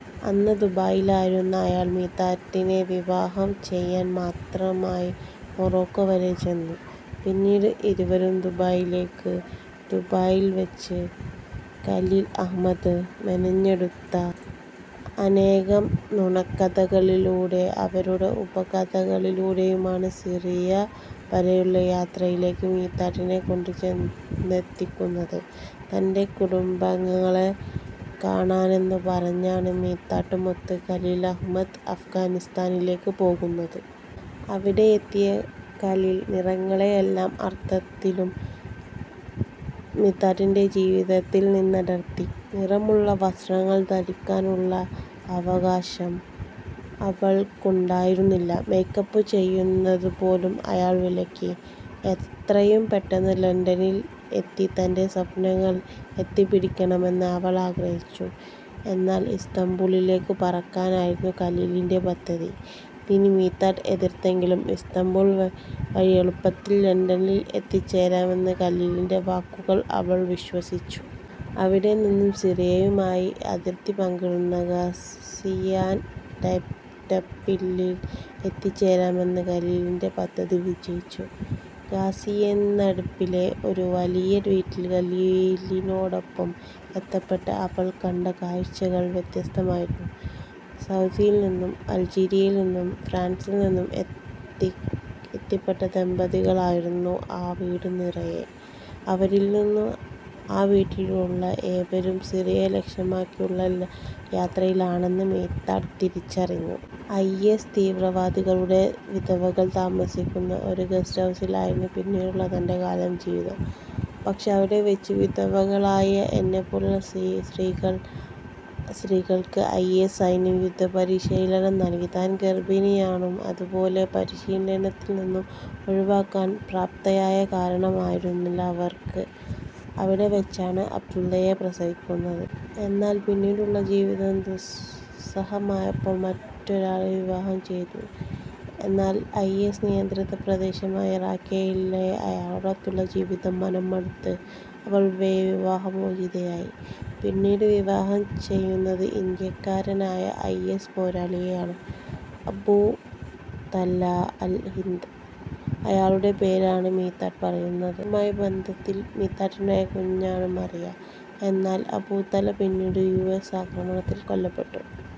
അന്ന് ദുബായിലായിരുന്ന അയാള് മിതാട്ടിനെ വിവാഹം ചെയ്യാന് മാത്രമായി മൊറോക്ക വരെ ചെന്നു. പിന്നീട് ഇരുവരും ദുബായിലേക്ക്. ദുബായില് വെച്ച് ഖലീല് അഹമ്മദ് മെനഞ്ഞെടുത്ത അനേകം നുണക്കഥകളിലൂടെയും അവയുടെ ഉപകഥകളിലൂടെയുമാണ് സിറിയ വരെയുള്ള യാത്രയിലേക്ക് മിതാട്ടിനെ കൊണ്ട് ചെന്നെത്തിക്കുന്നത്. തന്റെ കുടുംബാംഗങ്ങളെ കാണാനെന്നു പറഞ്ഞാണ് മിതാട്ടുമൊത്ത് ഖലീല് അഹമ്മദ് അഫ്ഗാനിസ്ഥാനിലേക്ക് പോകുന്നത്. അവിടെയെത്തിയ ഖലീല് നിറങ്ങളെ എല്ലാ അര്ഥത്തിലും മിതാട്ടിന്റെ ജീവിതത്തില് നിന്നടര്ത്തി. നിറമുള്ള വസ്ത്രങ്ങള് ധരിക്കാനുള്ള അവകാശം അവള്ക്കുണ്ടായിരുന്നില്ല. മെയ്ക്കപ്പ് ചെയ്യുന്നത് പോലും അയാള് വിലക്കി. എത്രയും പെട്ടെന്ന് ലണ്ടനില് എത്തി തന്റെ സ്വപ്നങ്ങള് എത്തിപ്പിടിക്കണമെന്ന് അവള് ആഗ്രഹിച്ചു. എന്നാല് ഇസ്താംബുളിലേക്ക് പറക്കാനായിരുന്നു ഖലീലിന്റെ പദ്ധതി. ഇതിനെ മിതാട്ട് എതിര്ത്തെങ്കിലും ഇസ്താംബുള് വഴി എളുപ്പത്തില് ലണ്ടനില് എത്തിച്ചേരാമെന്ന ഖലീലിന്റെ വാക്കുകള് അവള് വിശ്വസിച്ചു. അവിടെ നിന്ന് സിറിയയുമായി അതിര്ത്തി പങ്കിടുന്ന ഗാസിയാന്ടെപ്പില് എത്തിച്ചേരാമെന്ന ഖലീലിന്റെ പദ്ധതി വിജയിച്ചു. ഗാസിയെന്ടെപ്പിലെ ഒരു വലിയ വീട്ടില് ഖലീലിലിനോടൊപ്പം എത്തപ്പെട്ട അവള് കണ്ട കാഴ്ച്ചകൾ വ്യത്യസ്തമായിരുന്നു. സൗദിയില്നിന്നും അല്ജീരിയയില്നിന്നും ഫ്രാന്സില്നിന്നും എത്തിപ്പെട്ട ദമ്പതികളായിരുന്നു ആ വീട് നിറയെ. അവരിൽനിന്നാണ് ആ വീട്ടിലുള്ള ഏവരും സിറിയ ലക്ഷ്യമാക്കിയുള്ള യാത്രയിലാണെന്ന് മിതാട്ട് തിരിച്ചറിയുന്നത്. ഐ. എസ്. തീവ്രവാദികളുടെ വിധവകള് താമസിച്ച ഒരു ഗസ്റ്റ് ഹൗസിലായിരുന്നു പിന്നീടുള്ള കാലം എന്റെ ജീവിതം. പക്ഷെ അവിടെ വെച്ച് വിധവകളായ എന്നെപ്പോലുള്ള സ്ത്രീകള്ക്ക് ഐ. എസ്. സൈന്യം യുദ്ധപരീശീലനം നല്കി. താന് ഗര്ഭിണിയാണെന്നതു പോലും പരിശീലനത്തില് നിന്ന് ഒഴിവാകാന് പര്യാപ്തമായ കാരണമായിരുന്നില്ല അവര്ക്ക്. അവിടെ വെച്ചാണ് അബ്ദുള്ളയെ പ്രസവിക്കുന്നത്. എന്നാൽ പിന്നീടുള്ള ജീവിതം ദുസ്സഹമായപ്പോള് മറ്റൊരാളെ വിവാഹം ചെയ്തു. എന്നാല് ഐ. എസ്. നിയന്ത്രിത പ്രദേശമായ റാഖയിലെ അയാളോടൊത്തുള്ള ജീവിതത്തില് മനം മടുത്ത് അവള് വിവാഹ മോചിതയായി. പിന്നീട് വിവാഹം ചെയ്യുന്നത് ഇന്ത്യക്കാരനായ ഐ. എസ്. പോരാളിയെയാണ് അബു തലാ അല് ഹിന്ദി എന്നാണയാളുടെ പേരെന്ന് മിതാട്ട് പറയുന്നു. അയാളുമായുള്ള ബന്ധത്തില് മിതാട്ടിനുണ്ടായ കുഞ്ഞാണ് മറിയ. എന്നാല് അബു തലാ പിന്നീട് യു എസ് ആക്രമണത്തില് കൊല്ലപ്പെട്ടു.